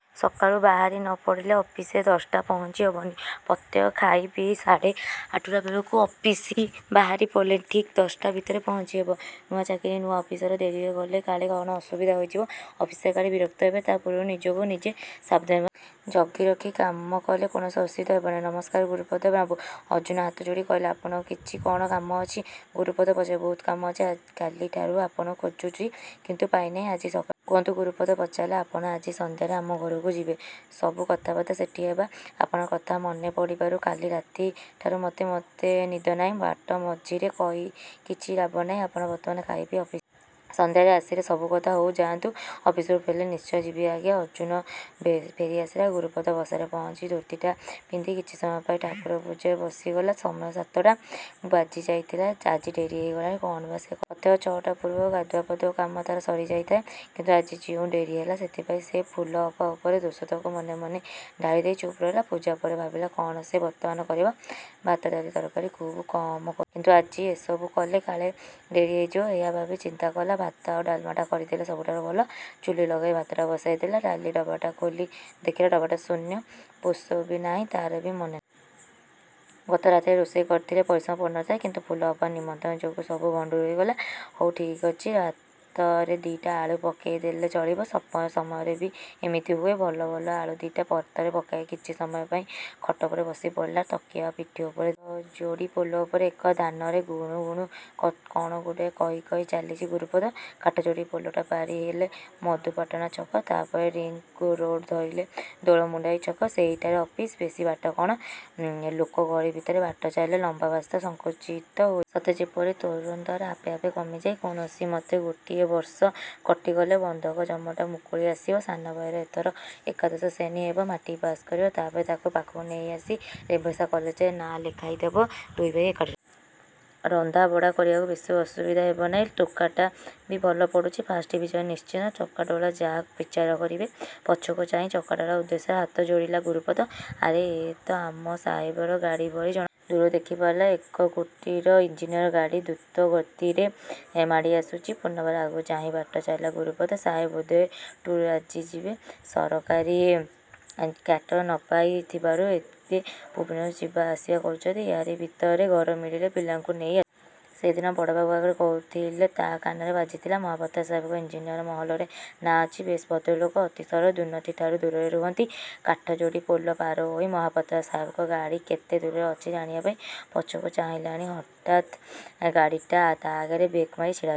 ସକାଳୁ ସକାଳୁ ବାହାରି ନ ପଡ଼ିଲେ ଅଫିସରେ ଦଶଟାରେ ପହଞ୍ଚି ହେବନି। ପ୍ରତ୍ୟେହ ଖାଇ ପିଇ ସାଢ଼େ ଆଠଟା ବେଳକୁ ଅଫିସ ବାହାରି ପଡ଼ିଲେ ଠିକ୍ ଦଶଟା ଭିତରେ ପହଞ୍ଚି ହେବ। ନୂଆ ଚାକିରି, ନୂଆ ଅଫିସର। ଡେରିରେ ଗଲେ କାଳେ କ'ଣ ଅସୁବିଧା ହୋଇଯିବ; ଅଫିସର କାଳେ ବିରକ୍ତ ହେବେ, ତା' ପୂର୍ବରୁ ନିଜକୁ ନିଜେ ସାବଧାନ ହେବା ଉଚିତ। ଜଗି ରଖି କାମକଲେ କୌଣସି ଅସୁବିଧା ହେବନାହିଁ। ନମସ୍କାର ଗୁରୁପଦ ବାବୁ! ଅର୍ଜ୍ଜୁନ ହାତ ଯୋଡ଼ି କହିଲେ। ଆପଣଙ୍କର କିଛି କ'ଣ କାମ ଅଛି? ଗୁରୁପଦ ପଚାରିଲା। ବହୁତ କାମ ଅଛି। କାଲିଠାରୁ ଆପଣଙ୍କୁ ଖୋଜୁଛି କିନ୍ତୁ ପାଉନାହିଁ। ଆଜି ସକାଳୁ ଦୌଡ଼ି ଦୌଡ଼ି ଆସିଛି। କୁହନ୍ତୁ, ଗୁରୁପଦ ପଚାରିଲା। ଆପଣ ଆଜି ସନ୍ଧ୍ୟାରେ ଆମ ଘରକୁ ଯିବେ।। ସବୁ କଥାବାର୍ତ୍ତା ସେଠି ହେବା। ଆପଣଙ୍କ କଥା ମନେ ପଡ଼ିବାରୁ କାଲି ରାତି ଠାରୁ ମୋଟେ ମୋତେ ନିଦ ନାହିଁ। ବାଟ ମଝିରେ କହି କିଛି ଲାଭ ନାହିଁ। ଆପଣ ବର୍ତ୍ତମାନ ଖାଇ ପିଇ ଅଫିସ ଯିବେ। ସନ୍ଧ୍ୟାରେ ଆସିଲେ ସବୁକଥା। ହଉ ଯାଆନ୍ତୁ, ଅଫିସରୁ ଫେରିଲେ ନିଶ୍ଚୟ ଯିବି ଆଜ୍ଞା। ଅର୍ଜ୍ଜୁନ ଫେରି ଆସିଲା। ଗୁରୁପଦ ବସାରେ ପହଞ୍ଚି ଧୋତିଟା ପିନ୍ଧି କିଛି ସମୟ ପାଇଁ ଠାକୁର ପୂଜାରେ ବସିଗଲା। ସମୟ ସାତଟା ବାଜିଯାଇଥିଲା। ଆଜି ଡେରି ହୋଇଗଲାଣି। କ'ଣ ବା ସେ କରିବ। ପ୍ରତ୍ୟେହ ଛଅଟା ପୂର୍ବରୁ ଗାଧୁଆ ପାଧୁଆ କାମ ତା'ର ସରିଯାଏ। କିନ୍ତୁ ଆଜି ଯେଉଁ ଡେରି ହେଲା, ସେଥିପାଇଁ ସେ ଫୁଲଅପା ଉପରେ ଦୋଷତକ ମନେ ମନେ ଢାଳିଦେଇ ଚୁପ୍ ରହିଲା। ପୂଜାପରେ ଭାବିଲା କ'ଣ ସେ ବର୍ତ୍ତମାନ କରିବ? ଭାତ, ଡାଲି, ତରକାରୀ ଖୁବ୍ କମ୍ରେ କରିବାକୁ ହେବ। କିନ୍ତୁ ଆଜି ଏସବୁ କଲେ କାଳେ ଡେରି ହୋଇଯିବ; ଏହା ଭାବି ସ୍ଥିର କଲା, ଭାତ ଆଉ ଡାଲମାଟା କରିଦେଲେ ସବୁଠାରୁ ଭଲ। ଚୁଲି ଲଗାଇ ଭାତଟା ବସାଇ ଦେଲା। ଡାଲି ଡବାଟା ଖୋଲି ଦେଖିଲା ଡବାଟା ଶୂନ୍, ପୋଷେ ବି ନାହିଁ। ତା'ର ବି ମନେ ନାହିଁ। ଗତ ରାତିରେ ରୋଷେଇ କରିଥିଲେ ପରିଶ୍ରମ ପଡ଼ିଥାନ୍ତା। କିନ୍ତୁ ଫୁଲଅପାର ନିମନ୍ତ୍ରଣ ଯୋଗୁ ସବୁ ଭଣ୍ଡୁର ହୋଇଗଲା। ହଉ ଠିକ୍ ଅଛି, ଭାତରେ ଦି'ଟା ଆଳୁ ପକେଇ ଦେଲେ ଚଳିବ। ସମୟ ସମୟରେ ବି ଏମିତି ହୁଏ। ଭଲ ଭଲ ଆଳୁ ଦି'ଟା ଭାତରେ ପକାଇ କିଛି ସମୟ ପାଇଁ ଖଟ ଉପରେ ବସି ପଡ଼ିଲା, ତକିଆ ପିଠିପଟେ ଦେଇ। କାଠଯୋଡ଼ି ପୋଲ ଉପରେ ଏକ ଧ୍ୟାନରେ ଗୁଣୁ ଗୁଣୁ କ'ଣଗୁଡ଼ାଏ କହି କହି ଚାଲିଛି ଗୁରୁପଦ। କାଠଯୋଡ଼ି ପୋଲଟା ପାରି ହେଲେ ମଧୁପାଟଣା ଛକ। ତା'ପରେ ଲିଙ୍କ ରୋଡ଼ ଧରିଲେ ଦୋଳମୁଣ୍ଡାଇ ଛକ। ସେହିଠାରେ ଅଫିସ୍। ବେଶି ବାଟ କ'ଣ? ଲୋକ ଗହଳି ଭିତରେ ବାଟ ଚାଲିଲେ ଲମ୍ୱା ବାଟ ସଙ୍କୁଚିତ ହୋଇଯାଏ। ସତେ ଯେପରି ଦୂରତ୍ୱଟା ଆପେ ଆପେ କମିଯାଏ। କୌଣସିମତେ ଗୋଟିଏ ବର୍ଷ କଟିଗଲେ, ବନ୍ଧକ ଜମିଟା ମୁକୁଳି ଆସିବ। ସାନ ଭାଇର ଏଥର ଏକାଦଶ ଶ୍ରେଣୀ ହେବ। ମାଟ୍ରିକ୍ ପାଶ୍ କରିବ। ତା'ପରେ ତା'କୁ ପାଖକୁ ନେଇଆସି ରେଭେନ୍ସା କଲେଜରେ ନା ଲେଖାଇ ଦେବ। ଦୁଇ ଭାଇ ଏକାଠି ରହିବେ। ରନ୍ଧା ବଢ଼ା କରିବାକୁ ବେଶି ଅସୁବିଧା ହେବ ନାହିଁ। ଟୋକାଟା ବି ଭଲ ପଢ଼ୁଛି। ଫାଷ୍ଟ ଡିଭିଜନ୍ ନିଶ୍ଚୟ। ଚକାଡୋଳା ଯାହା ବିଚାର କରିବେ। ପଛକୁ ଚାହିଁ ଚକାଡ଼ୋଳା ଉଦ୍ଦେଶ୍ୟରେ ହାତ ଯୋଡ଼ିଲା ଗୁରୁପଦ। ଆରେ ଏ ତ ଆମ ସାହାବଙ୍କ ଗାଡ଼ି ଭଳି ଜଣା ପଡ଼ୁଛି। ଦୂରରୁ ଦେଖିପାରିଲା ଏକ୍ଜିକୁଟିଭ ଇଞ୍ଜିନିୟରଙ୍କ ଗାଡ଼ି ଦ୍ରୁତ ଗତିରେ ମାଡ଼ି ଆସୁଛି। ପୁନର୍ବାର ଆଗକୁ ଚାହିଁ ବାଟ ଚାଲିଲା ଗୁରୁପଦ। ସାହାବ ବୋଧେ ଟୁର୍ରେ ଆଜି ଯିବେ? ସରକାରୀ କ୍ୱାଟର ନ ପାଇ ଥିବାରୁ ଏବେ ଭୁବନେଶ୍ୱରରୁ ଯିବା ଆସିବା କରୁଛନ୍ତି। ଏହାରି ଭିତରେ ଘର ମିଳିଲେ ପିଲାମାନଙ୍କୁ ନେଇଆସିବେ। ସେଦିନ ବଡ଼ବାବୁଙ୍କ ଆଗରେ କହୁଥିଲେ, ତା' କାନରେ ବାଜିଥିଲା। ମହାପାତ୍ର ସାହାବଙ୍କ ଇଞ୍ଜିନିୟର ମହଲରେ ନାଁ ଅଛି। ବେଶ୍ ଭଦ୍ରଲୋକ। ଅତି ସରଳ। ଦୁର୍ନୀତି ଠାରୁ ଦୂରରେ ରୁହନ୍ତି। କାଠଯୋଡ଼ି ପୋଲ ପାରିହୋଇ ମହାପାତ୍ର ସାହାବଙ୍କ ଗାଡ଼ି କେତେ ଦୂରରେ ଅଛି ଜାଣିବା ପାଇଁ ପଛକୁ ଚାହିଁଲାକ୍ଷଣି ହଠାତ୍ ଗାଡ଼ିଟା ତା' ଆଗରେ ବ୍ରେକ ମାରି ଛିଡ଼ା ହୋଇଗଲା।